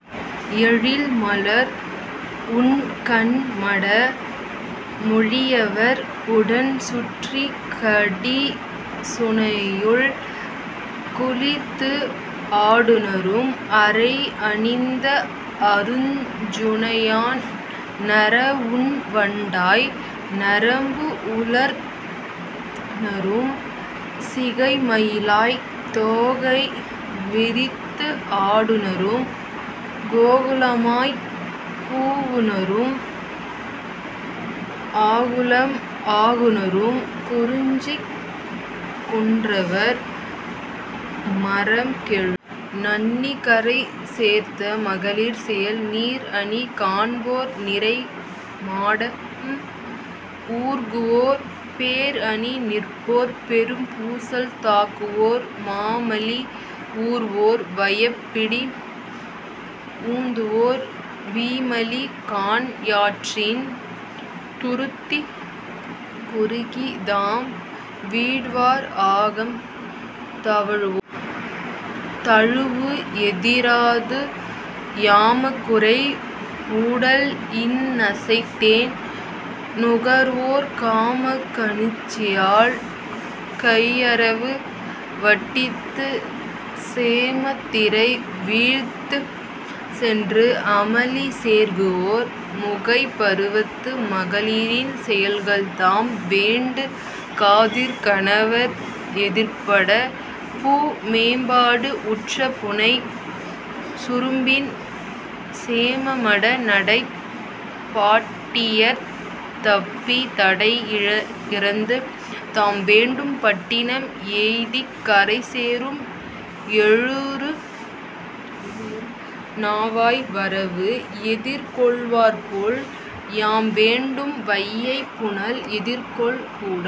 எழில் மலர் உண்கண் மட மொழியவர் உடன் சுற்றி கடி சுனையுள் குளித்து ஆடுநரும் அறை அணிந்த அருஞ் சுனையான் நற உண் வண்டாய் நரம்பு உளர்நரும் சிகை மயிலாய்த் தோகை விரித்து ஆடுநரும் கோகுலமாய்க் கூவுநரும் ஆகுலம் ஆகுநரும் குறிஞ்சிக் குன்றவர் மறம் கெழு நண்ணி கரை சேர்த்த மகளிர் செயல் நீர் அணி காண்போர் நிரை மாடம் ஊர்குவோர் பேர் அணி நிற்போர் பெரும் பூசல் தாக்குவோர் மா மலி ஊர்வோர் வயப் பிடி உந்துவோர் வீ மலி கான் யாற்றின் துருத்தி குறுகி தாம் வீழ்வார் ஆகம் தழுவுவோர் தழுவு எதிராது யாமக் குறை ஊடல் இன் நசைத் தேன் நுகர்வோர் காமக் கணிச்சியால் கையறவு வட்டித்து சேமத் திரை வீழ்த்து சென்று அமளி சேர்குவோர் முகைப் பருவத்து மகளிரின் செயல்கள் தாம் வேண்டு காதிற் கணவர் எதிர்ப்பட பூ மேம்பாடு உற்ற புனை சுரும்பின் சேம மட நடைப் பாட்டியர்த் தப்பி தடை இறந்து தாம் வேண்டும் பட்டினம் எய்திக் கரை சேரும் ஏழுறு நாவாய் வரவு எதிர்கொள்வார்போல் யாம் வேண்டும் வையைப் புனல் எதிர்கொள் கூடல்.